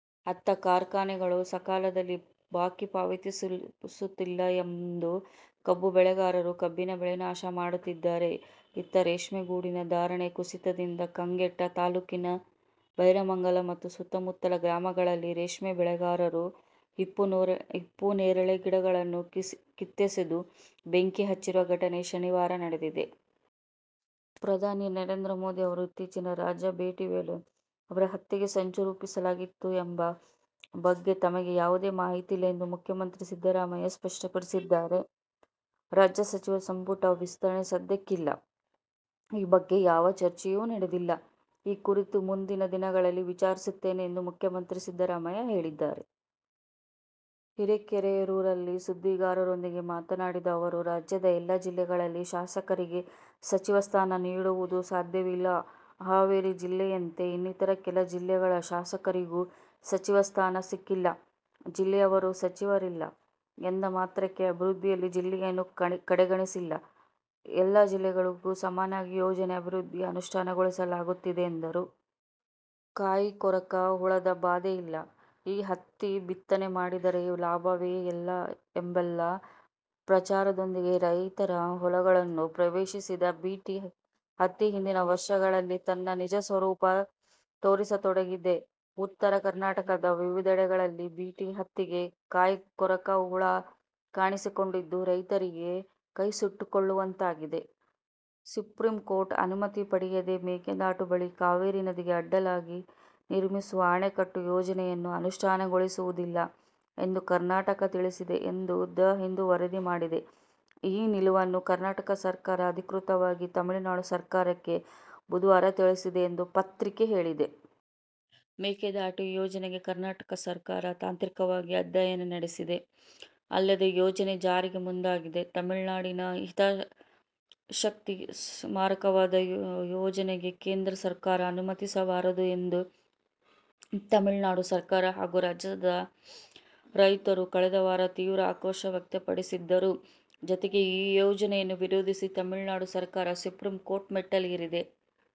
ಅತ್ತ ಕಾರ್ಖಾನೆಗಳು ಸಕಾಲದಲ್ಲಿ ಬಾಕಿ ಪಾವತಿಸುತ್ತಿಲ್ಲ ಎಂದು ಕಬ್ಬು ಬೆಳೆಗಾರರು ಕಬ್ಬಿನ ಬೆಳೆ ನಾಶ ಮಾಡುತ್ತಿದ್ದರೆ, ಇತ್ತ ರೇಷ್ಮೆ ಗೂಡಿನ ಧಾರಣೆ ಕುಸಿತದಿಂದ ಕಂಗೆಟ್ಟ ತಾಲೂಕಿನ ಬೈರಮಂಗಲ ಮತ್ತು ಸುತ್ತಮುತ್ತಲ ಗ್ರಾಮಗಳ ರೇಷ್ಮೆ ಬೆಳೆಗಾರರು ಹಿಪ್ಪುನೇರಳೆ ಗಿಡಗಳನ್ನು ಕಿತ್ತೆಸೆದು, ಬೆಂಕಿ ಹಚ್ಚಿರುವ ಘಟನೆ ಶನಿವಾರ ನಡೆದಿದೆ. ಪ್ರಧಾನಿ ನರೇಂದ್ರ ಮೋದಿ ಅವರ ಇತ್ತೀಚಿನ ರಾಜ್ಯ ಭೇಟಿ ವೇಳೆ ಅವರ ಹತ್ಯೆಗೆ ಸಂಚು ರೂಪಿಸಲಾಗಿತ್ತು ಎಂಬ ಬಗ್ಗೆ ತಮಗೆ ಯಾವುದೇ ಮಾಹಿತಿ ಇಲ್ಲ ಎಂದು ಮುಖ್ಯಮಂತ್ರಿ ಸಿದ್ದರಾಮಯ್ಯ ಸ್ಪಷ್ಟಪಡಿಸಿದ್ದಾರೆ. ರಾಜ್ಯ ಸಚಿವ ಸಂಪುಟ ವಿಸ್ತರಣೆ ಸದ್ಯಕ್ಕಿಲ್ಲ. ಈ ಬಗ್ಗೆ ಯಾವ ಚರ್ಚೆಯೂ ನಡೆದಿಲ್ಲ. ಈ ಕುರಿತು ಮುಂದಿನ ದಿನಗಳಲ್ಲಿ ವಿಚಾರಿಸುತ್ತೇನೆ ಎಂದು ಮುಖ್ಯಮಂತ್ರಿ ಸಿದ್ದರಾಮಯ್ಯ ಹೇಳಿದರು. ಹಿರೇಕೆರೂರಲ್ಲಿ ಸುದ್ದಿಗಾರರೊಂದಿಗೆ ಮಾತನಾಡಿದ ಅವರು, ರಾಜ್ಯದ ಎಲ್ಲ ಜಿಲ್ಲೆಗಳ ಶಾಸಕರಿಗೆ ಸಚಿವ ಸ್ಥಾನ ನೀಡುವುದು ಸಾಧ್ಯವಿಲ್ಲ. ಹಾವೇರಿ ಜಿಲ್ಲೆಯಂತೆ ಇನ್ನಿತರ ಕೆಲ ಜಿಲ್ಲೆಗಳ ಶಾಸಕರಿಗೂ ಸಚಿವ ಸ್ಥಾನ ಸಿಕ್ಕಿಲ್ಲ. ಜಿಲ್ಲೆಯವರು ಸಚಿವರಿಲ್ಲ ಎಂದ ಮಾತ್ರಕ್ಕೆ ಅಭಿವೃದ್ಧಿಯಲ್ಲಿ ಜಿಲ್ಲೆಯನ್ನು ಕಡೆಗಣಿಸಿಲ್ಲ. ಎಲ್ಲ ಜಿಲ್ಲೆಗಳಿಗೂ ಸಮಾನವಾಗಿ ಯೋಜನೆ, ಅಭಿವೃದ್ಧಿ ಅನುಷ್ಠಾನಗೊಳಿಸಲಾಗುತ್ತಿದೆ ಎಂದರು. ಕಾಯಿಕೊರಕ ಹುಳದ ಬಾಧೆ ಇಲ್ಲ. ಈ ಹತ್ತಿ ಬಿತ್ತನೆ ಮಾಡಿದರೆ ಲಾಭವೇ ಎಲ್ಲ ಎಂಬೆಲ್ಲ ಪ್ರಚಾರದೊಂದಿಗೆ ರೈತರ ಹೊಲಗಳನ್ನು ಪ್ರವೇಶಿಸಿದ ಬಿ. ಟಿ. ಹತ್ತಿ ಹಿಂದಿನ ವರ್ಷಗಳಲ್ಲಿ ತನ್ನ ನಿಜ ಸ್ವರೂಪ ತೋರಿಸತೊಡಗಿದೆ. ಉತ್ತರ ಕರ್ನಾಟಕದ ವಿವಿಧೆಡೆಗಳಲ್ಲಿ ಬಿ. ಟಿ. ಹತ್ತಿಗೆ ಕಾಯಿಕೊರಕ ಹುಳ ಕಾಣಿಸಿಕೊಂಡಿದ್ದು, ರೈತರೀಗ ಕೈ ಸುಟ್ಟುಕೊಳ್ಳುವಂತಾಗಿದೆ. ಸುಪ್ರೀಂಕೋರ್ಟ್ ಅನುಮತಿ ಪಡೆಯದೇ ಮೇಕೆ ದಾಟು ಬಳಿ ಕಾವೇರಿ ನದಿಗೆ ಅಡ್ಡಲಾಗಿ ನಿರ್ಮಿಸುವ ಅಣೆಕಟ್ಟು ಯೋಜನೆಯನ್ನು ಅನುಷ್ಠಾನಗೊಳಿಸುವುದಿಲ್ಲ ಎಂದು ಕರ್ನಾ ಟಕ ತಿಳಿಸಿದೆ ಎಂದು "ದ ಹಿಂದು' ವರದಿ ಮಾಡಿದೆ. ಈ ನಿಲುವನ್ನು ಕರ್ನಾಟಕ ಸರ್ಕಾರ, ಅಧಿಕೃತವಾಗಿ ತಮಿಳುನಾಡು ಸರ್ಕಾರಕ್ಕೆ ಬುಧವಾರ ತಿಳಿಸಿದೆ ಎಂದು ಪತ್ರಿಕೆ ಹೇಳಿದೆ. "ಮೇಕೆದಾಟು ಯೋಜನೆಗೆ ಕರ್ನಾಟಕ ಸರ್ಕಾರ ತಾಂತ್ರಿಕವಾಗಿ ಅಧ್ಯಯನ ನಡೆಸಿದೆ. ಅಲ್ಲದೇ ಯೋಜನೆ ಜಾರಿಗೆ ಮುಂದಾಗಿದೆ. ತಮಿಳ್ನಾಡಿನ ಹಿತಾಸಕ್ತಿಗೆ ಮಾರಕವಾದ ಯೋಜನೆಗೆ ಕೇಂದ್ರ ಸರ್ಕಾರ ಅನುಮತಿಸಬಾರದು' ಎಂದು ತಮಿಳುನಾಡು ಸರ್ಕಾರ ಹಾಗೂ ರಾಜ್ಯದ ರೈತರು ಕಳೆದ ವಾರ ತೀವ್ರ ಆಕ್ರೋಶ ವ್ಯಕ್ತಪಡಿಸಿದ್ದರು. ಜತೆಗೆ ಈ ಯೋಜನೆಯನ್ನು ವಿರೋಧಿಸಿ ತಮಿಳುನಾಡು ಸರ್ಕಾರ ಸುಪ್ರೀಕೋರ್ಟ್ ಮೆಟ್ಟಿಲೇರಿದೆ.